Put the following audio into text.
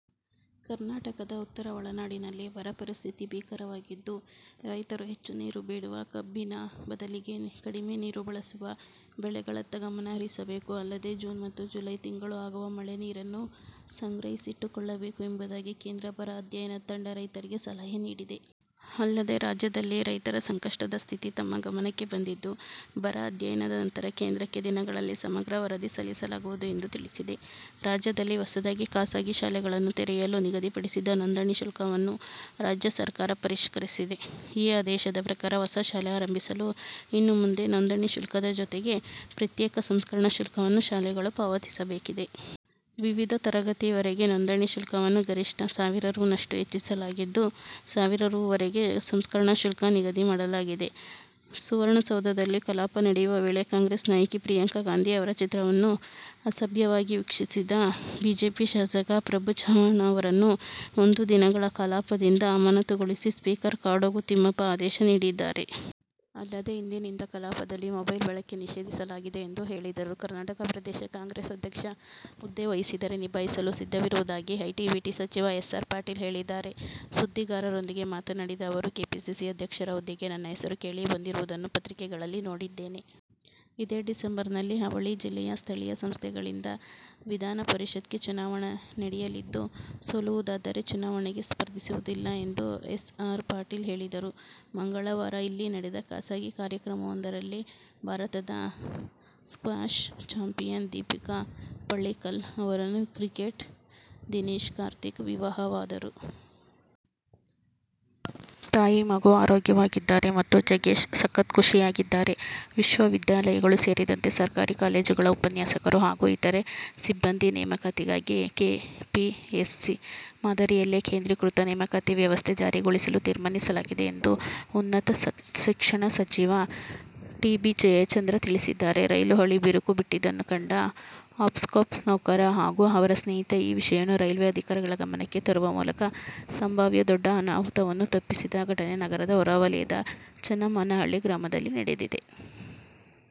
ಕರ್ನಾಟಕದ ಉತ್ತರ ಒಳನಾಡಿನಲ್ಲಿ ಬರ ಪರಿಸ್ಥಿತಿ ಭೀಕರವಾಗಿದ್ದು, ರೈತರು ಹೆಚ್ಚು ನೀರು ಬೇಡುವ ಕಬ್ಬಿನ ಬದಲಿಗೆ ಕಡಿಮೆ ನೀರು ಬಳಸುವ ಬೆಳೆಗಳತ್ತ ಗಮನ ಹರಿಸಬೇಕು. ಅಲ್ಲದೆ, ಜೂನ್ ಮತ್ತು ಜುಲೈ ತಿಂಗಳು ಆಗುವ ಮಳೆ ನೀರನ್ನು ಸಂಗ್ರಹಿಸಿಟ್ಟುಕೊಳ್ಳಬೇಕು ಎಂಬುದಾಗಿ ಕೇಂದ್ರ ಬರ ಅಧ್ಯಯನ ತಂಡ ರೈತರಿಗೆ ಸಲಹೆ ನೀಡಿದೆ. ಅಲ್ಲದೆ, ರಾಜ್ಯದಲ್ಲಿ ರೈತರ ಸಂಕಷ್ಟದ ಸ್ಥಿತಿ ತಮ್ಮ ಗಮನಕ್ಕೆ ಬಂದಿದ್ದು, ಬರ ಅಧ್ಯಯನ ನಂತರ ಕೇಂದ್ರಕ್ಕೆ ದಿನಗಳಲ್ಲಿ ಸಮಗ್ರ ವರದಿ ಸಲ್ಲಿಸಲಾಗುವುದು ಎಂದು ತಿಳಿಸಿದೆ. ರಾಜ್ಯದಲ್ಲಿ ಹೊಸದಾಗಿ ಖಾಸಗಿ ಶಾಲೆಗಳನ್ನು ತೆರೆಯಲು ನಿಗದಿಪಡಿಸಿದ್ದ ನೋಂದಣಿ ಶುಲ್ಕವನ್ನು ರಾಜ್ಯ ಸರ್ಕಾರ ಪರಿಷ್ಕರಿಸಿದೆ. ಈ ಆದೇಶದ ಪ್ರಕಾರ ಹೊಸ ಶಾಲೆ ಆರಂಭಿಸಲು ಇನ್ನು ಮುಂದೆ ನೋಂದಣಿ ಶುಲ್ಕದ ಜತೆಗೆ ಪ್ರತ್ಯೇಕ ಸಂಸ್ಕರಣ ಶುಲ್ಕವನ್ನೂ ಶಾಲೆಗಳು ಪಾವತಿಸಬೇಕಿದೆ. ವಿವಿಧ ತರಗತಿವರೆಗೆ ನೋಂದಣಿ ಶುಲ್ಕವನ್ನು ಗರಿಷ್ಠ ಸಾವಿರ ರೂ. ನಷ್ಟು ಹೆಚ್ಚಿಸಲಾಗಿದ್ದು, ಸಾವಿರ ರೂ. ವರೆಗೆ ಸಂಸ್ಕರಣ ಶುಲ್ಕ ನಿಗದಿಮಾಡಲಾಗಿದೆ. ಸುವರ್ಣಸೌಧದಲ್ಲಿ ಕಲಾಪ ನಡೆಯುವ ವೇಳೆ ಕಾಂಗ್ರೆಸ್ ನಾಯಕಿ ಪ್ರಿಯಾಂಕಾ ಗಾಂಧಿ ಅವರ ಚಿತ್ರವನ್ನು ಅಸಭ್ಯವಾಗಿ ವೀಕ್ಷಿಸಿದ ಬಿಜೆಪಿ ಶಾಸಕ ಪ್ರಭು ಚವಾಣ್ ಅವರನ್ನು ಒಂದು ದಿನಗಳ ಕಲಾಪದಿಂದ ಅಮಾನತುಗೊಳಿಸಿ ಸ್ಪೀಕರ್ ಕಾಗೋಡು ತಿಮ್ಮಪ್ಪ ಆದೇಶ ನೀಡಿದ್ದಾರೆ. ಅಲ್ಲದೇ ಇಂದಿನಿಂದ ಕಲಾಪದಲ್ಲಿ ಮೊಬೈಲ್ ಬಳಕೆ ನಿಷೇಧಿಸಲಾಗಿದೆ ಎಂದು ಹೇಳಿದರು. ಕರ್ನಾಟಕ ಪ್ರದೇಶ ಕಾಂಗ್ರೆಸ್ ಅಧ್ಯಕ್ಷ ಹುದ್ದೆ ವಹಿಸಿದರೆ ನಿಭಾಯಿಸಲು ಸಿದ್ಧವಿರುವುದಾಗಿ ಐಟಿ- ಬಿಟಿ ಸಚಿವ ಎಸ್. ಆರ್. ಪಾಟೀಲ ಹೇಳಿದ್ದಾರೆ. ಸುದ್ದಿಗಾರರೊಂದಿಗೆ ಮಾತನಾಡಿದ ಅವರು, ಕೆಪಿಸಿಸಿ ಅಧ್ಯಕ್ಷರ ಹುದ್ದೆಗೆ ನನ್ನ ಹೆಸರು ಕೇಳಿ ಬಂದಿರುವುದನ್ನು ಪತ್ರಿಕೆಗಳಲ್ಲಿ ನೋಡಿದ್ದೇನೆ. ಇದೇ ಡಿಸೆಂಬರ್ನಲ್ಲಿ ಅವಳಿ ಜಿಲ್ಲೆಯ ಸ್ಥಳೀಯ ಸಂಸ್ಥೆಗಳಿಂದ ವಿಧಾನ ಪರಿಷತ್ಗೆ ಚುನಾವಣೆ ನಡೆಯಲಿದ್ದು, ಸೋಲುವುದಾದರೆ ಚುನಾವಣೆಗೆ ಸ್ಪರ್ಧಿಸುವುದಿಲ್ಲ ಎಂದು ಎಸ್. ಆರ್. ಪಾಟೀಲ ಹೇಳಿದರು. ಮಂಗಳವಾರ ಇಲ್ಲಿ ನಡೆದ ಖಾಸಗಿ ಕಾರ್ಯಕ್ರಮವೊಂದರಲ್ಲಿ ಭಾರತದ ಸ್ಕ್ವಾಷ್ ಚಾಂಪಿಯನ್ ದೀಪಿಕಾ ಪಳ್ಳೀಕಲ್ ಅವರನ್ನು ಕ್ರಿಕೆಟಿಗ ದಿನೇಶ್ ಕಾರ್ತಿಕ್ ವಿವಾಹವಾದರು. ತಾಯಿ-ಮಗು ಆರೋಗ್ಯವಾಗಿದ್ದಾರೆ ಮತ್ತು ಜಗ್ಗೇಶ್ ಸಖತ್ ಖುಷಿಯಾಗಿದ್ದಾರೆ. ವಿಶ್ವವಿದ್ಯಾಲಯಗಳು ಸೇರಿದಂತೆ ಸರ್ಕಾರಿ ಕಾಲೇಜುಗಳ ಉಪನ್ಯಾಸಕರು ಹಾಗೂ ಇತರೆ ಸಿಬ್ಬಂದಿ ನೇಮಕಾತಿಗಾಗಿ ಕೆಪಿಎಸ್ಸಿ ಮಾದರಿಯಲ್ಲೇ ಕೇಂದ್ರೀಕೃತ ನೇಮಕಾತಿ ವ್ಯವಸ್ಥೆ ಜಾರಿಗೊಳಿಸಲು ತೀರ್ಮಾನಿಸಲಾಗಿದೆ ಎಂದು ಉನ್ನತ ಶಿಕ್ಷಣ ಸಚಿವ ಟಿ. ಬಿ. ಜಯಚಂದ್ರ ತಿಳಿಸಿದ್ದಾರೆ. ರೈಲು ಹಳಿ ಬಿರುಕು ಬಿಟ್ಟಿದ್ದನ್ನು ಕಂಡ ಹಾಪ್ಕಾಮ್ಸ್ ನೌಕರ ಹಾಗೂ ಅವರ ಸ್ನೇಹಿತ ಈ ವಿಷಯವನ್ನು ರೈಲ್ವೆ ಅಧಿಕಾರಿಗಳ ಗಮನಕ್ಕೆ ತರುವ ಮೂಲಕ ಸಂಭಾವ್ಯ ದೊಡ್ಡ ಅನಾಹುತವನ್ನು ತಪ್ಪಿಸಿದ ಘಟನೆ ನಗರದ ಹೊರವಲಯದ ಚನ್ನಮಾನಹಳ್ಳಿ ಗ್ರಾಮದಲ್ಲಿ ನಡೆದಿದೆ.